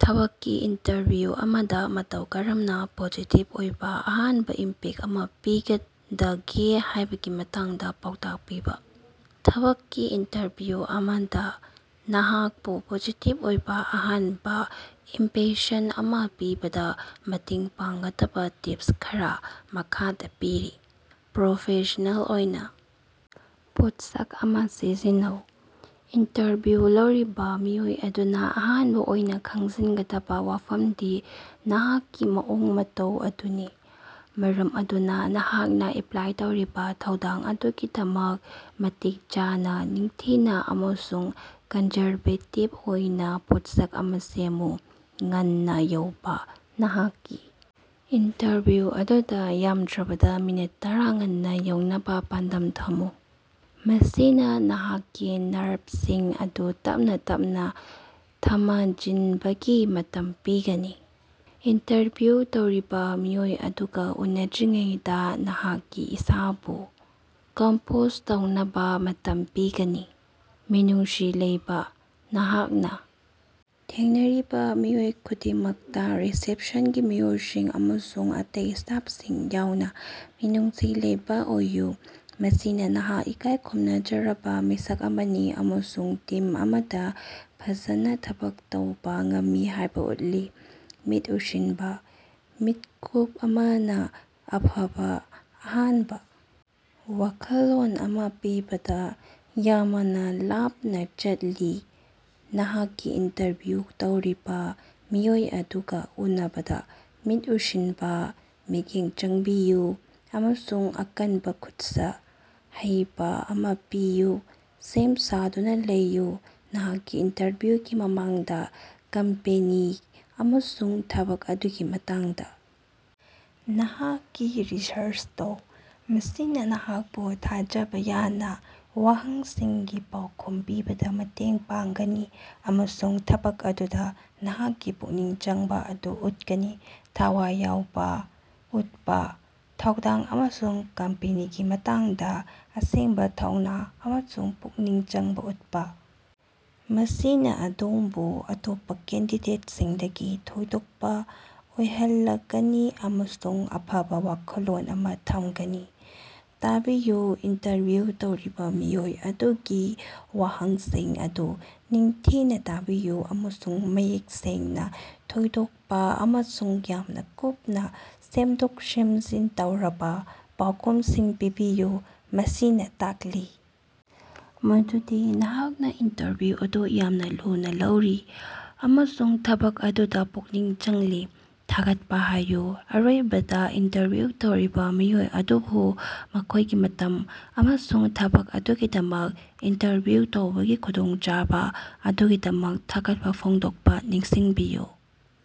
ꯊꯕꯛꯀꯤ ꯏꯟꯇꯔꯚ꯭ꯌꯨ ꯑꯃꯗ ꯃꯇꯧ ꯀꯔꯝꯅ ꯄꯣꯖꯤꯇꯤꯚ ꯑꯣꯏꯕ ꯑꯍꯥꯟꯕ ꯏꯝꯄꯦꯛꯇ ꯑꯃ ꯄꯤꯒꯗꯒꯦ ꯍꯥꯏꯕꯒꯤ ꯃꯇꯥꯡꯗ ꯄꯥꯎꯇꯥꯛ ꯄꯤꯕ꯫ ꯊꯕꯛꯀꯤ ꯏꯟꯇꯔꯚ꯭ꯌꯨ ꯑꯃꯗ ꯅꯍꯥꯛꯄꯨ ꯄꯣꯖꯤꯇꯤꯚ ꯑꯣꯏꯕ ꯑꯍꯥꯟꯕ ꯏꯝꯄꯦꯁꯟ ꯑꯃ ꯄꯤꯕꯗ ꯃꯇꯦꯡ ꯄꯥꯡꯒꯗꯕ ꯇꯤꯞꯁ ꯈꯔ ꯃꯈꯥꯗ ꯄꯤꯔꯤ: ꯄ꯭ꯔꯣꯐꯦꯁꯅꯦꯜ ꯑꯣꯏꯅ ꯄꯣꯠꯁꯛ ꯑꯃ ꯁꯤꯖꯤꯟꯅꯧ: ꯏꯟꯇꯔꯚꯤꯎ ꯂꯧꯔꯤꯕ ꯃꯤꯑꯣꯏ ꯑꯗꯨꯅ ꯑꯍꯥꯟꯕ ꯑꯣꯏꯅ ꯈꯪꯖꯤꯟꯒꯗꯕ ꯋꯥꯐꯝꯗꯤ ꯅꯍꯥꯛꯀꯤ ꯃꯑꯣꯡ-ꯃꯇꯧ ꯑꯗꯨꯅꯤ, ꯃꯔꯝ ꯑꯗꯨꯅ ꯅꯍꯥꯛꯅ ꯑꯦꯄ꯭ꯂꯥꯏ ꯇꯧꯔꯤꯕ ꯊꯧꯗꯥꯡ ꯑꯗꯨꯒꯤꯗꯃꯛ ꯃꯇꯤꯛ ꯆꯥꯅ, ꯅꯤꯡꯊꯤꯅ ꯑꯃꯁꯨꯡ ꯀꯟꯖꯔꯕꯦꯇꯤꯚ ꯑꯣꯏꯅ ꯄꯣꯠꯁꯛ ꯑꯃ ꯁꯦꯝꯃꯨ꯫ ꯉꯟꯅ ꯌꯧꯕ: ꯅꯍꯥꯛꯀꯤ ꯏꯟꯇꯔꯚꯤꯎ ꯑꯗꯨꯗ ꯌꯥꯝꯗ꯭ꯔꯕꯗ ꯃꯤꯅꯤꯠ ꯇꯔꯥ ꯉꯟꯅ ꯌꯧꯅꯕ ꯄꯥꯟꯗꯝ ꯊꯝꯃꯨ꯫ ꯃꯁꯤꯅ ꯅꯍꯥꯛꯀꯤ ꯅꯔꯚꯁꯤꯡ ꯑꯗꯨ ꯇꯞꯅꯥ ꯇꯞꯅꯥ ꯊꯃꯖꯤꯟꯕꯒꯤ ꯃꯇꯝ ꯄꯤꯒꯅꯤ ꯑꯃꯁꯨꯡ ꯏꯟꯇꯔꯚ꯭ꯌꯨ ꯇꯧꯔꯤꯕ ꯃꯤꯑꯣꯏ ꯑꯗꯨꯒ ꯎꯅꯗ꯭ꯔꯤꯉꯩꯗ ꯅꯍꯥꯛꯀꯤ ꯏꯁꯥꯕꯨ ꯀꯝꯄꯣꯖ ꯇꯧꯅꯕ ꯃꯇꯝ ꯄꯤꯒꯅꯤ꯫ ꯃꯤꯅꯨꯡꯁꯤ ꯂꯩꯕ: ꯅꯍꯥꯛꯅ ꯊꯦꯡꯅꯔꯤꯕ ꯃꯤꯑꯣꯏ ꯈꯨꯗꯤꯡꯃꯛꯇ, ꯔꯤꯁꯦꯞꯁꯟꯒꯤ ꯃꯤꯑꯣꯏꯁꯤꯡ ꯑꯃꯁꯨꯡ ꯑꯇꯩ ꯁ꯭ꯇꯥꯐꯁꯤꯡ ꯌꯥꯎꯅ, ꯃꯤꯅꯨꯡꯁꯤ ꯂꯩꯕ ꯑꯣꯏꯌꯨ꯫ ꯃꯁꯤꯅ ꯅꯍꯥꯛ ꯏꯀꯥꯏ ꯈꯨꯝꯅꯖꯔꯕ ꯃꯤꯁꯛ ꯑꯃꯅꯤ ꯑꯃꯁꯨꯡ ꯇꯤꯝ ꯑꯃꯗ ꯐꯖꯅ ꯊꯕꯛ ꯇꯧꯕ ꯉꯝꯃꯤ ꯍꯥꯏꯕ ꯎꯠꯂꯤ꯫ ꯃꯤꯠ ꯎꯏꯁꯤꯟꯕ: ꯃꯤꯠꯀꯨꯞ ꯑꯃꯅ ꯑꯐꯕ ꯑꯍꯥꯟꯕ ꯋꯥꯈꯜꯂꯣꯟ ꯑꯃ ꯄꯤꯕꯗ ꯌꯥꯃꯅ ꯂꯥꯞꯅ ꯆꯠꯂꯤ꯫ ꯅꯍꯥꯛꯀꯤ ꯏꯟꯇꯔꯚ꯭ꯌꯨ ꯇꯧꯔꯤꯕ ꯃꯤꯑꯣꯏ ꯑꯗꯨꯒ ꯎꯅꯕꯗ ꯃꯤꯠ ꯎꯏꯁꯤꯟꯕ, ꯃꯤꯠꯌꯦꯡ ꯆꯪꯕꯤꯌꯨ ꯑꯃꯁꯨꯡ ꯑꯀꯟꯕ ꯈꯨꯠꯁ ꯍꯩꯕ ꯑꯃ ꯄꯤꯌꯨ꯫ ꯁꯦꯝ ꯁꯥꯗꯨꯅ ꯂꯩꯌꯨ: ꯅꯍꯥꯛꯀꯤ ꯏꯟꯇꯔꯚ꯭ꯌꯨꯒꯤ ꯃꯃꯥꯡꯗꯥ ꯀꯝꯄꯦꯅꯤ ꯑꯃꯁꯨꯡ ꯊꯕꯛ ꯑꯗꯨꯒꯤ ꯃꯇꯥꯡꯗ ꯅꯍꯥꯛꯀꯤ ꯔꯤꯁꯔꯆ ꯇꯧ꯫ ꯃꯁꯤꯅ ꯅꯍꯥꯛꯄꯨ ꯊꯥꯖꯕ ꯌꯥꯅ ꯋꯥꯍꯪꯁꯤꯡꯒꯤ ꯄꯥꯎꯈꯨꯝ ꯄꯤꯕꯗ ꯃꯇꯦꯡ ꯄꯥꯡꯒꯅꯤ ꯑꯃꯁꯨꯡ ꯊꯕꯛ ꯑꯗꯨꯗ ꯅꯍꯥꯛꯀꯤ ꯄꯨꯛꯅꯤꯡ ꯆꯪꯕ ꯑꯗꯨ ꯎꯠꯀꯅꯤ꯫ ꯊꯋꯥꯏ ꯌꯥꯎꯕ ꯎꯠꯄ: ꯊꯧꯗꯥꯡ ꯑꯃꯁꯨꯡ ꯀꯝꯄꯦꯅꯤꯒꯤ ꯃꯇꯥꯡꯗ ꯑꯁꯦꯡꯕ ꯊꯧꯅ ꯑꯃꯁꯨꯡ ꯄꯨꯛꯅꯤꯡ ꯆꯪꯕ ꯎꯠꯄ꯫ ꯃꯁꯤꯅ ꯑꯗꯣꯝꯕꯨ ꯑꯇꯣꯞꯄ ꯀꯦꯟꯗꯤꯗꯦꯠꯁꯤꯡꯗꯒꯤ ꯊꯣꯏꯗꯣꯛꯄ ꯑꯣꯏꯍꯜꯂꯒꯅꯤ ꯑꯃꯁꯨꯡ ꯑꯐꯕ ꯋꯥꯈꯜꯂꯣꯟ ꯑꯃ ꯊꯝꯒꯅꯤ꯫ ꯇꯥꯕꯤꯌꯨ: ꯏꯟꯇꯔꯚ꯭ꯌꯨ ꯇꯧꯔꯤꯕ ꯃꯤꯑꯣꯏ ꯑꯗꯨꯒꯤ ꯋꯥꯍꯪꯁꯤꯡ ꯑꯗꯨ ꯅꯤꯡꯊꯤꯅ ꯇꯥꯕꯤꯌꯨ ꯑꯃꯁꯨꯡ ꯃꯌꯦꯛ ꯁꯦꯡꯅ, ꯊꯣꯏꯗꯣꯛꯄ ꯑꯃꯁꯨꯡ ꯌꯥꯝꯅ ꯀꯨꯞꯅ ꯁꯦꯝꯗꯣꯛ-ꯁꯦꯝꯖꯤꯟ ꯇꯧꯔꯕ ꯄꯥꯎꯈꯨꯝꯁꯤꯡ ꯄꯤꯕꯤꯌꯨ꯫ ꯃꯁꯤꯅ ꯇꯥꯛꯂꯤ ꯃꯗꯨꯗꯤ ꯅꯍꯥꯛꯅ ꯏꯟꯇꯔꯚ꯭ꯌꯨ ꯑꯗꯨ ꯌꯥꯝꯅ ꯂꯨꯅ ꯂꯧꯔꯤ ꯑꯃꯁꯨꯡ ꯊꯕꯛ ꯑꯗꯨꯗ ꯄꯨꯛꯅꯤꯡ ꯆꯪꯂꯤ꯫ ꯊꯥꯒꯠꯄ ꯍꯥꯏꯌꯨ: ꯑꯔꯣꯏꯕꯗ ꯏꯟꯇꯔꯚ꯭ꯌꯨ ꯇꯧꯔꯤꯕ ꯃꯤꯑꯣꯏ ꯑꯗꯨꯕꯨ ꯃꯈꯣꯏꯒꯤ ꯃꯇꯝ ꯑꯃꯁꯨꯡ ꯊꯕꯛ ꯑꯗꯨꯒꯤꯗꯃꯛ ꯏꯟꯇꯔꯚ꯭ꯌꯨ ꯇꯧꯕꯒꯤ ꯈꯨꯗꯣꯡꯆꯥꯕ ꯑꯗꯨꯒꯤꯗꯃꯛ ꯊꯥꯒꯠꯄ ꯐꯣꯡꯗꯣꯛꯄ ꯅꯤꯡꯁꯤꯡꯕꯤꯌꯨ꯫